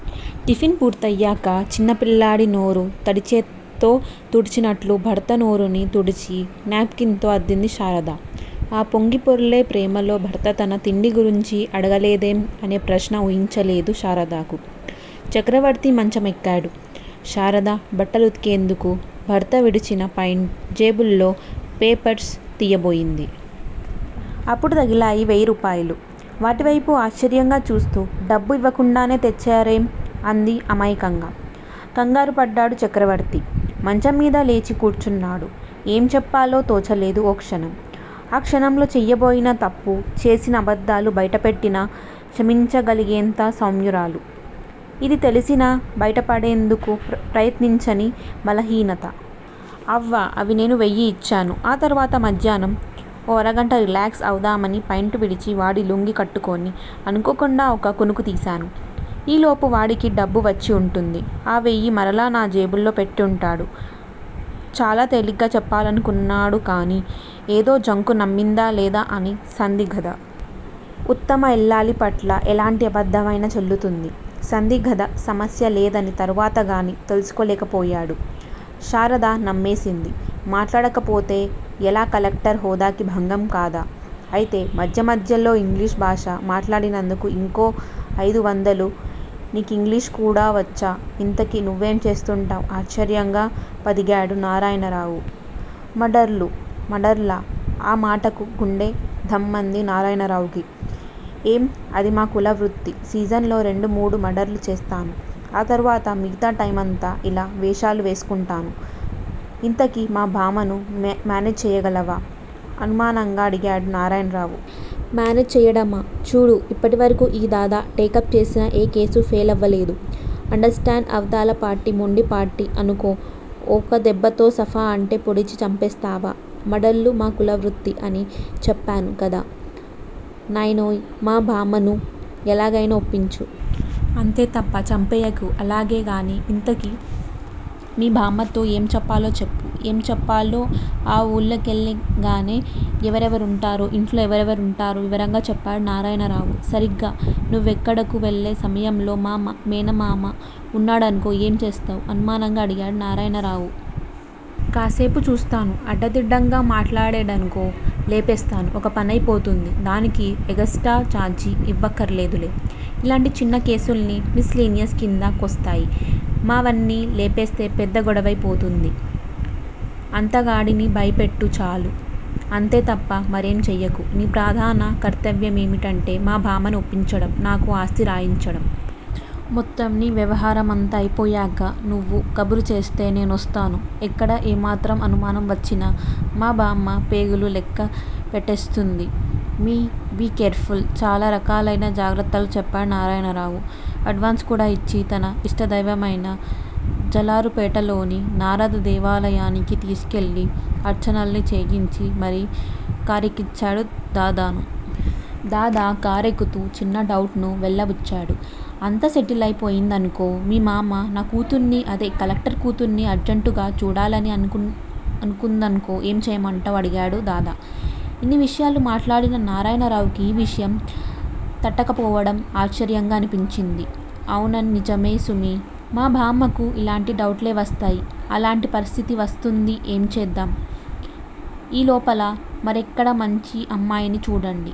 Tiffin పూర్తయ్యాక చిన్నపిల్లాడి నోరు తడిచేత్తో తుడిచినట్లు భర్త నోరును తుడిచి నేప్ కిన్ తో అద్దింది శారద. ఆ పొంగిపొర్లే ప్రేమలో భర్త తన తిండి గురించి అడగలేదేం అనే ప్రశ్న ఉయించలేదు శారదకు. చక్రవర్తి మంచం ఎక్కాడు. శారద బట్టలు ఉతికేందుకు భర్త విడిచిన ఫ్యాంట్ జేబుల్లో పేపర్స్ తీయబోయింది. అప్పుడు తగిలాయి వెయ్యిరూపాయలు! వాటివేపు ఆశ్చర్యంగా చూస్తూ డబ్బు ఇవ్వకుండానే తెచ్చారేం? అంది అమాయకంగా. కంగారుపడ్డాడు చక్రవర్తి. మంచంమీద లేచి కూర్చున్నాడు. ఏం చెప్పాలో తోచలేదు ఓ క్షణం. ఆ క్షణంలో చేయబోయిన తప్పు, చెప్పిన అబద్ధాలు బయటపెట్టినా క్షమించగలిగేంత సౌమ్యురాలు. ఇది తెలిసినా బయటపడేందుకు ప్రయత్నించని బలహీనత. అవా అవి నేను వెయ్యి ఇచ్చాను. ఆ తరువాత మధ్యాహ్నం. ఓ అరగంట రిలాక్స్ అవుదామని ఫ్యాంటు విడిచి వాడి లుంగి కట్టుకొని అనుకోకుండా ఓ కునుకుతీశాను. ఈ లోపు వాడికి డబ్బు వచ్చి ఉంటుంది. ఆ వెయ్యి మరలా నా జేబులో పెట్టుంటాడు చాలా తేలిగ్గా చెప్పాలనుకున్నాడుగాని ఏదో జంకు నమ్మిందా లేదా అనే సందిగత. ఉత్తమ ఇల్లాలిపట్ల ఎలాంటి అబద్ధమైనా చెల్లుతుంది. సందిగద సమస్యలేదని తరువాతగాని తెలుసుకోలేకపోయాడు. శారద నమ్మేసింది. మాట్లాడకపోతే ఎలా కలెక్టర్ హోదాకి భంగం కదా? అయితే మధ్య మధ్యలో ఇంగ్లీషు భాష మాట్లాడినందుకు ఇంకో అయిదు వందలు నీకింగ్లీషు గూడా వచ్చా ఇంతకీ నువ్వేం చేస్తుంటావ్ ఆశ్చర్యంగా పదిగాడు నారాయణరావు. మర్డర్లు మర్డర్లా?! ఆ మాటకు గుండె ఢామ్మంది నారాయణరావుకి. ఏం అధి మా కుల వృత్తి సీజన్ లో రెండు మూడు మర్డర్లు చేస్తాను ఆ తర్వాత మిగతా టైమంతా ఇలా వేషాలు వేసుకుంటాను. ఇంతకీ మా బామ్మను మేనేజ్ చెయ్యగలవా అనుమానంగా అడిగాడు నారాయణరావు. మేనేజ్ చెయ్యడమా చూడు ఇప్పటివరకు ఈ దాదా టేకప్ చేసిన ఏ కేసూ ఫెయిలవలేదు అండర్ స్టాండ్ అవతల పార్టీ మొండి పార్టీ అనుకో ఒక దెబ్బతో సఫా అంటే పొడిచి చంపేస్తావా మర్డర్లు మా కులవృత్తి అని చెప్పాను గదా నాయనోయ్ మా బామ్మను ఎలాగయినా ఒప్పించు. అంతే తప్ప చంపెయ్యకు అలాగే గానీ ఇంతకీ మీ బామ్మతో ఏం చెప్పాలో చెప్పు ఏం చెప్పాలో, ఆ ఊళ్ళోకెళ్ళగానే ఎవరెవరుంటారో, ఇంట్లో ఎవరెవరుంటారో వివరంగా చెప్పాడు నారాయణరావు. సరిగ్గా నువ్వక్కడకు వెళ్ళే సమయంలో మా మేనమామ వున్నాడనుకో ఏం చేస్తావ్? అనుమానంగా అడిగాడు నారాయణరావు. కాసేపు చూస్తాను అడ్డదిడ్డంగా మాట్లాడేడనుకో లేపేస్తాను ఒక పనై పోతుంది దానికి ఎగస్ట్రా చార్జీ ఇవ్వక్కరాలేదులే. అలాంటి చిన్న కేసులన్నీ మిస్ లీనియన్స్ కింద కొస్తాయ్ మా మావని లేపేస్తే పెద్ద గొడవై పోతుంది. అంతగాడిని భయపెట్టు చాలు. అంతే తప్ప మరేం చెయ్యకు. నీ ప్రధాన కర్తవ్యమేమిటంటే మా బామ్మను ఒప్పించడం, నాకు ఆస్తి రాయించడం. మొత్తం నీ వ్యవహారమంతా అయిపోయాక, నువ్వు కబురుచేస్తే నేనొస్తాను ఎక్కడ ఏమాత్రం అనుమానం వచ్చినా, మా బామ్మ పేగులు లెక్క పెట్టేస్తుంది బీ కేర్ ఫుల్ చాలా రకాలయిన జాగ్రత్తలు చెప్పాడు నారాయణరావు. అడ్వాన్స్ కూడా ఇచ్చి, తన ఇష్టదైవమైన జాలరుపేటలోని నారద దేవాలయానికి తీసికెళ్ళి, అర్చనలనీ చేయించి మరీ కారెక్కించాడు దాదాను. దాదా కారేక్కుతూ చిన్న డౌటును వెళ్ళబుచ్చాడు. అంతా సెటిలయి పోయిందనుకో మీ మామ్మ నా కూతుర్ని అదే కలెక్టర్ కూతుర్ని అర్జంటుగా చూడాలని అనుకుందనుకో ఏం చేయమంటావ్ అడిగాడు దాదా. ఇన్ని విషయాలు మాట్లాడిన నారాయణరావుకి ఈ విషయం తట్టకపోవడం ఆశ్చర్యంగా అనిపించింది. అవున్నిజమే సుమీ మా బామ్మకు ఇలాంటి డౌట్లే వస్తాయి అలాంటి పరిస్థితే వస్తుంది ఏం చేద్దాం ఈ లోపల మరిక్కడ మంచి అమ్మాయిని చూడండి